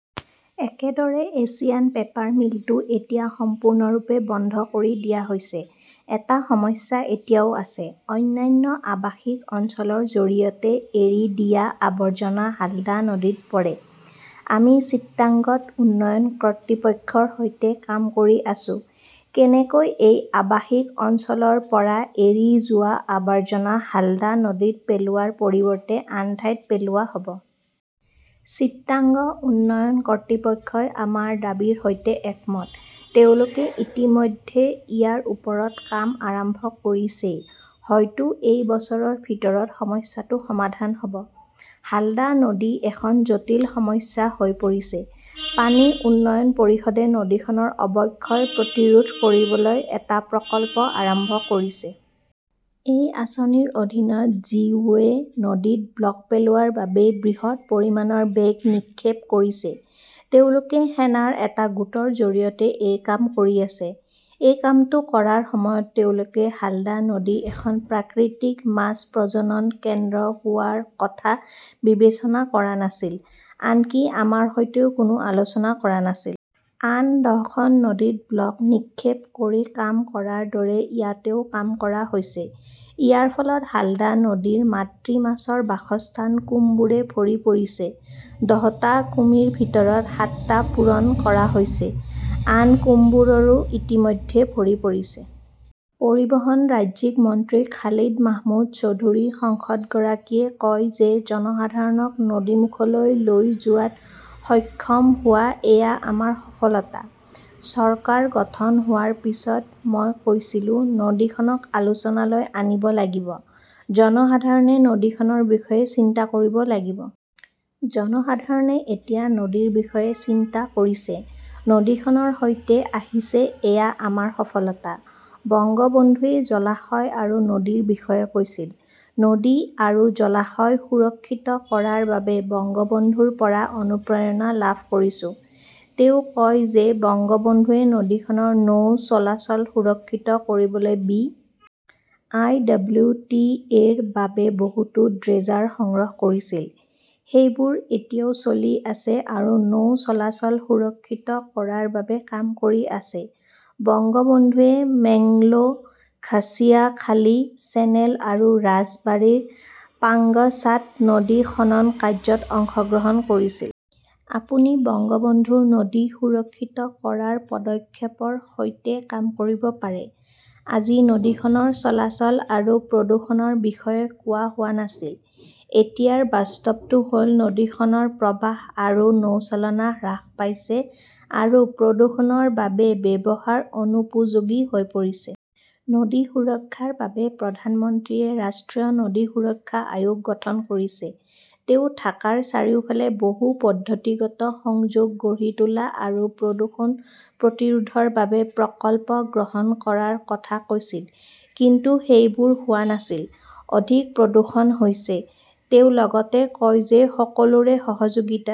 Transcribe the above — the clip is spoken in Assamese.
একেদৰে এছিয়ান পেপাৰ মিলটো এতিয়া সম্পূৰ্ণৰূপে বন্ধ কৰি দিয়া হৈছে। এটা সমস্যা এতিয়াও আছে। অন্যান্য আৱাসিক অঞ্চলৰ জৰিয়তে এৰি দিয়া আৱৰ্জনা হালদা নদীত পৰে। আমি চিটাগংত উন্নয়ন কৰ্তৃপক্ষৰ সৈতে কাম কৰি আছো, কেনেকৈ এই আৱাসিক অঞ্চলৰ পৰা এৰি যোৱা আৱৰ্জনা হালদা নদীত পেলোৱাৰ পৰিৱৰ্তে আন ঠাইত পেলোৱা হ'ব। চিটাগং উন্নয়ন কৰ্তৃপক্ষই আমাৰ দাবীৰ সৈতে একমত। তেওঁলোকে ইতিমধ্যে ইয়াৰ ওপৰত কাম আৰম্ভ কৰিছেই ,হয়তো এই বছৰৰ ভিতৰত সমস্যাটো সমাধান হ'ব। হালদা নদী এখন জটিল সমস্যা হৈ পৰিছে । পানী উন্নয়ন পৰিষদে নদীখনৰ অৱক্ষয় প্ৰতিৰোধ কৰিবলৈ এটা প্ৰকল্প আৰম্ভ কৰিছে। এই আঁচনিৰ অধীনত জি. ও. য়ে নদীত ব্লক পেলোৱাৰ বাবে বৃহৎ পৰিমাণৰ বেগ নিক্ষেপ কৰিছে। তেওঁলোকে সেনাৰ এটা গোটৰ জৰিয়তে এই কাম কৰি আছে। এই কামটো কৰাৰ সময়ত তেওঁলোকে হালদা নদী এখন প্ৰাকৃতিক মাছ প্ৰজনন কেন্দ্ৰ হোৱাৰ কথা বিবেচনা কৰা নাছিল, আনকি আমাৰ সৈতেও কোনো আলোচনা কৰা নাছিল। আন দহখন নদীত ব্লক নিক্ষেপ কৰি কাম কৰাৰ দৰেই ইয়াতও কাম কৰা হৈছে। ইয়াৰ ফলত হালদা নদীৰ মাতৃ মাছৰ বাসস্থান কুমবোৰে ভৰি পৰিছে। দহটা কুমিৰ ভিতৰত সাতটা পূৰণ কৰা হৈছে। আন কুমবোৰো ইতিমধ্যে ভৰি পৰিছে। পৰিবহণৰ ৰাজ্যিক মন্ত্ৰী খালিদ মাহমুদ চৌধুৰী সাংসদগৰাকীয়ে কয় যে জনসাধাৰণক নদীমুখলৈ লৈ যোৱাত সক্ষম হোৱা এয়া আমাৰ সফলতা। চৰকাৰ গঠন হোৱাৰ পিছত মই কৈছিলো-নদীখনক আলোচনালৈ আনিব লাগিব, জনসাধাৰণে নদীখনৰ বিষয়ে চিন্তা কৰিব লাগিব। জনসাধাৰণে এতিয়া নদীৰ বিষয়ে চিন্তা কৰিছে, নদীখনৰ সৈতে আহিছে-এয়া আমাৰ সফলতা। বংগবন্ধুৱে জলাশয় আৰু নদীৰ বিষয়ে কৈছিল। নদী আৰু জলাশয় সুৰক্ষিত কৰাৰ বাবে বংগবন্ধুৰ পৰা অনুপ্ৰেৰণা লাভ কৰিছো। তেওঁ কয় যে বংগবন্ধুৱে নদীখনৰ নৌ চলাচল সুৰক্ষিত কৰিবলৈ B. I. W. T. A. -ৰ বাবে বহুতো ড্ৰেজাৰ সংগ্ৰহ কৰিছিল, সেইবোৰ এতিয়াও চলি আছে আৰু নৌ চলাচল সুৰক্ষিত কৰাৰ বাবে কাম কৰি আছে। বংগবন্ধুৱে মোংলা-ঘচিয়াখালী চেনেল আৰু ৰাজবাৰীৰ পাঙ্গছাত নদী খনন কাৰ্যত অংশগ্ৰহণ কৰিছিল। আপুনি বংগবন্ধুৰ নদী সুৰক্ষিত কৰাৰ পদক্ষেপৰ সৈতে কাম কৰিব পাৰে । আজি নদীখনৰ চলাচল আৰু প্ৰদূষণৰ বিষয়ে কোৱা হোৱা নাছিল। এতিয়াৰ বাস্তৱটো হ'ল নদীখনৰ প্ৰৱাহ আৰু নৌচালনা হ্ৰাস পাইছে আৰু প্ৰদূষণৰ বাবে ব্যৱহাৰ অনুপযোগী হৈ পৰিছে। নদী সুৰক্ষাৰ বাবে প্ৰধানমন্ত্ৰীয়ে ৰাষ্ট্ৰীয় নদী সুৰক্ষা আয়োগ গঠন কৰিছে। তেওঁ ঢাকাৰ চাৰিওফালে বহু-পদ্ধতিগত সংযোগ গঢ়ি তোলা আৰু প্ৰদূষণ প্ৰতিৰোধৰ বাবে প্ৰকল্প গ্ৰহণ কৰাৰ কথা কৈছিল। কিন্তু সেইবোৰ হোৱা নাছিল। অধিক প্ৰদূষণ হৈছে। তেওঁ লগতে কয় যে সকলোৰে সহযোগিতাত